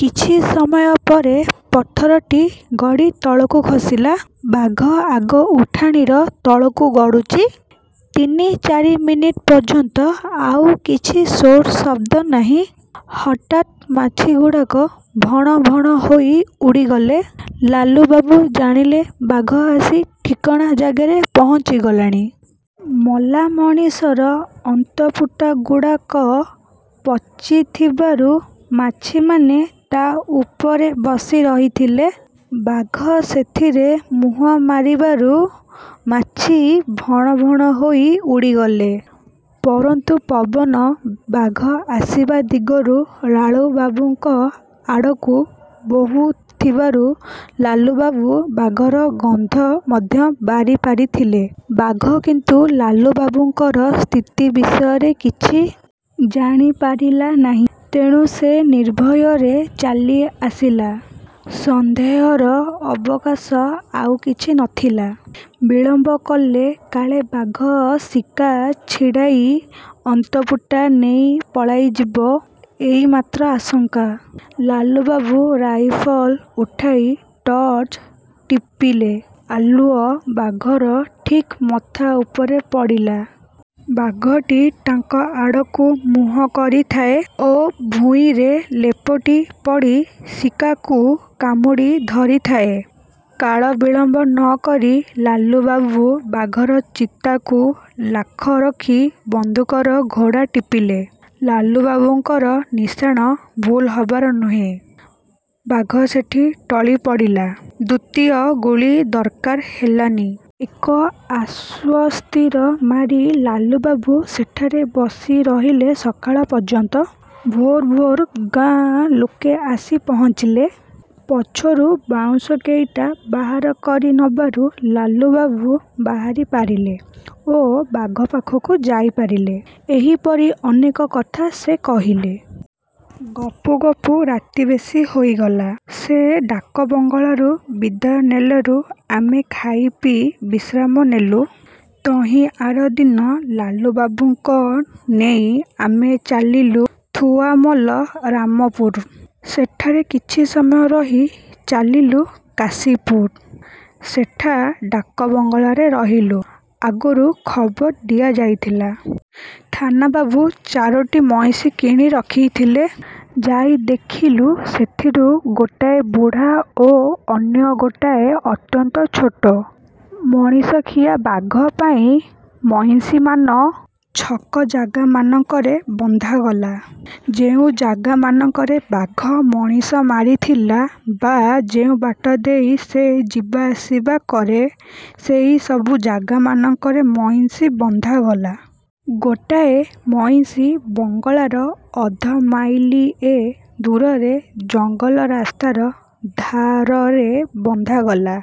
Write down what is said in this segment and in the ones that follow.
କିଛି ସମୟ ପରେ ପଥରଟିଏ ଗଡ଼ି ତଳକୁ ଖସିଲା। ବାଘ ଆଗ ଉଠାଣିର ତଳକୁ ଗଡ଼ୁଛି। ତିନି ଚାରି ମିନିଟ ପର୍ଯ୍ୟନ୍ତ ଆଉ କିଛି ସୋର ଶବ୍ଦ ନାହିଁ। ହଠାତ୍ ମାଛିଗୁଡ଼ାକ ଭଣ ଭଣ ହୋଇ ଉଡ଼ିଗଲେ। ଲାଲୁବାବୁ ଜାଣିଲେ ବାଘ ଆସି ଠିକଣା ଜାଗାରେ ପହଞ୍ଚିଗଲାଣି। ମଲାମଣିଷର ଅନ୍ତପୁଟାଗୁଡ଼ାକ ପଚିଥିବାରୁ ମାଛିମାନେ ତା' ଉପରେ ବସି ରହିଥିଲେ। ବାଘ ସେଥିରେ ମୁହଁ ମାରିବାରୁ ମାଛି ଭଣ ଭଣ ହୋଇ ଉଡ଼ିଗଲେ। ପରନ୍ତୁ ପବନ ବାଘ ଆସିବା ଦିଗରୁ ଳାଲୁବାବୁଙ୍କ ଆଡ଼କୁ ବହୁଥିବାରୁ ଲାଲୁବାବୁ ବାଘର ଗନ୍ଧ ମଧ୍ୟ ବାରିପାରିଥିଲେ। ବାଘ କିନ୍ତୁ ଲାଲୁବାବୁଙ୍କର ସ୍ଥିତି ବିଷୟରେ କିଛି। ଜାଣି ପାରିଲା ନାହିଁ। ତେଣୁ ସେ ନିର୍ଭୟରେ ଚାଲି ଆସିଲା। ସନ୍ଦେହର ଅବକାଶ ଆଉ କିଛି ନଥିଲା। ବିଳମ୍ବ କଲେ କାଳେ ବାଘ ଶିକା ଛିଡ଼ାଇ ଅନ୍ତପୁଟା ନେଇ ପଳାଇଯିବ-ଏଇ ମାତ୍ର ଆଶଙ୍କା। ଲାଲୁବାବୁ ରାଇଫଲ ଉଠାଇ ଟର୍ଚ୍ଚ ଟିପିଲେ। ଆଲୁଅ ବାଘର ଠିକ ମଥା ଉପରେ ପଡ଼ିଲା। ବାଘଟି ତାଙ୍କ ଆଡ଼କୁ ମୁହଁ କରିଥାଏ ଓ ଭୂଇଁରେ ଲେପଟି ପଡ଼ି ଶିକାକୁ କାମୁଡ଼ି ଧରିଥାଏ,। କାଳ ବିଳମ୍ବ ନକରି ଲାଲୁବାବୁ ବାଘର ଚିତାକୁ ଲାଖ ରଖି ବନ୍ଧୁକର ଘୋଡ଼ା ଟିପିଲେ। ଲାଲୁବାବୁଙ୍କର ନିଶାଣ ଭୁଲ ହେବାର ନୁହେଁ। ବାଘ ସେଇଠି ଟଳି ପଡ଼ିଲା। ଦ୍ୱିତୀୟ ଗୁଳି ଦରକାର ହେଲାନି। ଏକ ଆଶ୍ୱସ୍ତିର ମାରି ଲାଲୁବାବୁ ସେଠାରେ ବସି ରହିଲେ ସକାଳ ପର୍ଯ୍ୟନ୍ତ। ଭୋର ଭୋର ଗାଁ ଲୋକେ ଆସି ପହଁଞ୍ଚିଲେ। ପଛରୁ ବାଉଁଶ କେଇଟା ବାହାର କରି ନେବାରୁ ଲାଲୁବାବୁ ବାହାରି ପାରିଲେ ଓ ବାଘ ପାଖକୁ ଯାଇପାରିଲେ। ଏହିପରି ଅନେକ କଥା ସେ କହିଲେ। ଗପୁ ଗପୁ ରାତି ବେଶି ହୋଇଗଲା। ସେ ଡାକବଙ୍ଗଳାରୁ ବିଦାୟ ନେଲାରୁ ଆମେ ଖାଇ ପିଇ ବିଶ୍ରାମ ନେଲୁ। ତହିଁଆରଦିନ ଲାଲୁବାବୁଙ୍କ ନେଇ ଆମେ ଚାଲିଲୁ ଥୁଆମଲ ରାମପୁର। ସେଠାରେ କିଛି ସମୟ ରହି ଚାଲିଲୁ କାଶୀପୁର। ସେଠା ଡାକବଙ୍ଗଳାରେ ରହିଲୁ। ଆଗରୁ ଖବର ଦିଆଯାଇଥିଲା। ଥାନା ବାବୁ ଚାରୋଟି ମଇଁଷି କିଣି ରଖିଥିଲେ। ଯାଇ ଦେଖିଲୁ ସେଥିରୁ ଗୋଟାଏ ବୁଢ଼ା ଓ ଅନ୍ୟ ଗୋଟାଏ ଅତ୍ୟନ୍ତ ଛୋଟ। ମଣିଷଖିଆ ବାଘ ପାଇଁ ମଇଁଷିମାନ ଛକ ଜାଗାମାନଙ୍କରେ ବନ୍ଧାଗଲା। ଯେଉଁ ଜାଗାମାନଙ୍କରେ ବାଘ ମଣିଷ ମାରିଥିଲା ବା ଯେଉଁ ବାଟ ଦେଇ ସେ ଯିବାଆସିବା କରେ ସେ ସବୁ ଜାଗାମାନଙ୍କରେ ମଇଁଷି ବନ୍ଧାଗଲା। ଗୋଟାଏ ମଇଁଷି ବଙ୍ଗଳାର ଅଧମାଇଲିଏ ଦୂରରେ ଜଙ୍ଗଲ ରାସ୍ତାର ଧାରରେ ବନ୍ଧାଗଲା,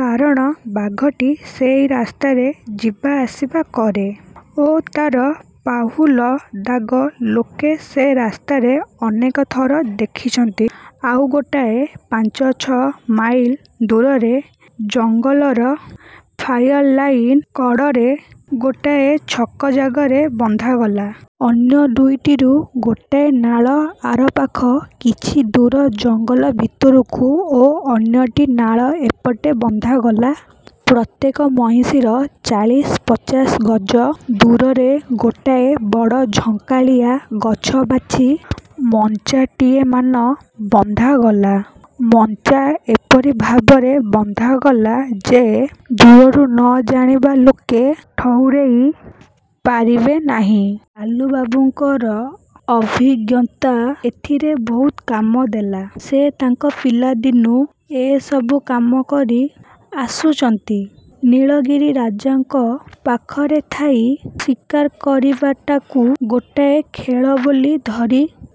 କାରଣ ବାଘଟି ସେ ରାସ୍ତାରେ ଯିବା ଆସିବା କରେ ଓ ତା' ପାହୁଲ ଦାଗ ଲୋକେ ସେ ରାସ୍ତାରେ ଅନେକ ଥର ଦେଖିଛନ୍ତି। ଆଉ ଗୋଟାଏ ପାଞ୍ଚ ଛଅ ମାଇଲ ଦୂରରେ ଜଙ୍ଗଲର 'ଫାୟାର ଲାଇନ୍' କଡ଼ରେ ଗୋଟାଏ ଛକ ଜାଗାରେ ବନ୍ଧାଗଲା। ଅନ୍ୟ ଦୁଇଟିରୁ ଗୋଟାଏ ନାଳ ଆରପାଖ କିଛି ଦୂର ଜଙ୍ଗଲ ଭିତରକୁ ଓ ଅନ୍ୟଟି ନାଳ ଏପଟେ ବନ୍ଧାଗଲା। ପ୍ରତ୍ୟେକ ମଇଁଷିର ଚାଳିଶ ପଚାଶ ଗଜ ଦୂରରେ ଗୋଟାଏ ବଡ଼ ଝଙ୍କାଳିଆ ଗଛ ବାଛି ମଞ୍ଚାଟିଏମାନ ବନ୍ଧାଗଲା। ମଞ୍ଚା ଏପରି ଭାବରେ ବନ୍ଧାଗଲା ଯେ ଦୂରରୁ ନ ଜାଣିବା ଲୋକେ ଠଉରେଇ ପାରିବେ ନାହିଁ। ଲାଲୁବାବୁଙ୍କର ଅଭିଜ୍ଞତା ଏଥିରେ ବହୁତ କାମ ଦେଲା। ସେ ତାଙ୍କ ପିଲା ଦିନୁ ଏସବୁ କାମ କରି ଆସୁଛନ୍ତି। ନୀଳଗିରି ରାଜାଙ୍କ ପାଖରେ ଥାଇ ଶିକାର କରିବାଟାକୁ ଗୋଟାଏ ଖେଳ ବୋଲି ଧରି